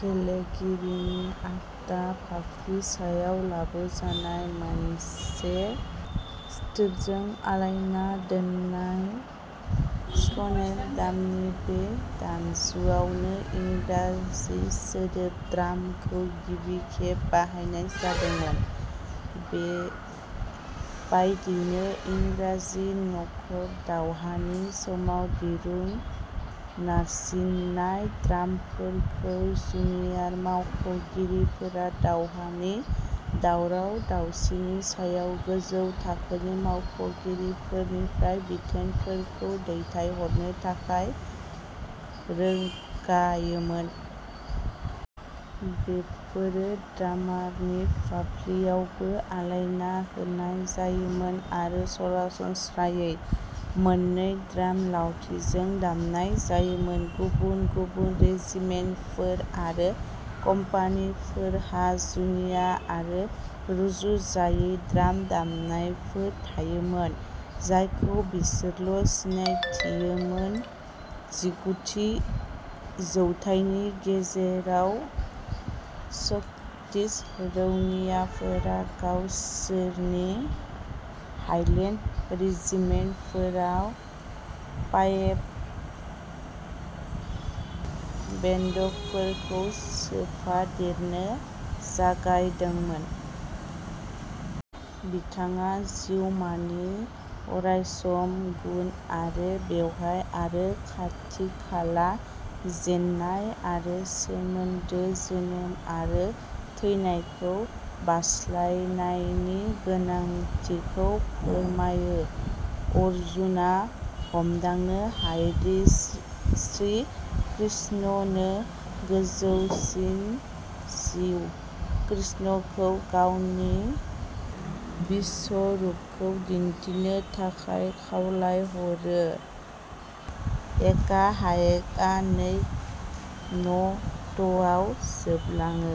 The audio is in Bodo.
गेलेगिरिनि आगदा फाफ्लि सायाव लाबोजानाय, मोनसे स्ट्रेपजों आलायना दोननाय स्नेर ड्रामनि। बे दामजुआवनो इंराजि सोदोब "ड्राम" खौ गिबि खेब बाहायनाय जादोंमोन। बेबायदिनो, इंराजि न'खर दावहानि समाव दिरुं नारसिननाय ड्रामफोरखौ जुनियर मावख'गिरिफोरा दावहानि दावराव दावसिनि सायाव गोजौ थाखोनि मावख'गिरिफोरनिफ्राय बिथोनफोरखौ दैथायहरनो थाखाय रोगायोमोन। बेफोरो ड्रामारनि फाफ्लिआवबो आलायना होनाय जायोमोन आरो सरासनस्रायै मोननै ड्राम लावथिजों दामनाय जायोमोन। गुबुन गुबुन रेजिमेन्टफोर आरो कम्पानिफोरहा जुनिया आरो रुजुजायै ड्राम दामनायफोर थायोमोन, जायखौ बिसोरल' सिनायथियोमोन। जिगुथि जौथाइनि गेजेराव, स्कटिस रौनियाफोरा गावसोरनि हाइलेन्ड रेजिमेन्टफोराव पाइप बेन्डफोरखौ सोफादेरनो जागायदोंमोन। बिथाङा जिउमानि अरायसम गुन आरो बेवहाय आरो खाथिखाला जेन्नाय आरो सोमोनदो, जोनोम आरो थैनायखौ बारस्लायनायनि गोनांथिखौ फोरमायो। अर्जुनआ हमदांनो हायोदि श्रीकृष्णानो गोजौसिन जिउ, कृष्णखौ गावनि विश्वरूपखौ दिन्थिनो थाखाय खावलायहरो। एकाहार्याआ नै न'टआव जोबलाङो।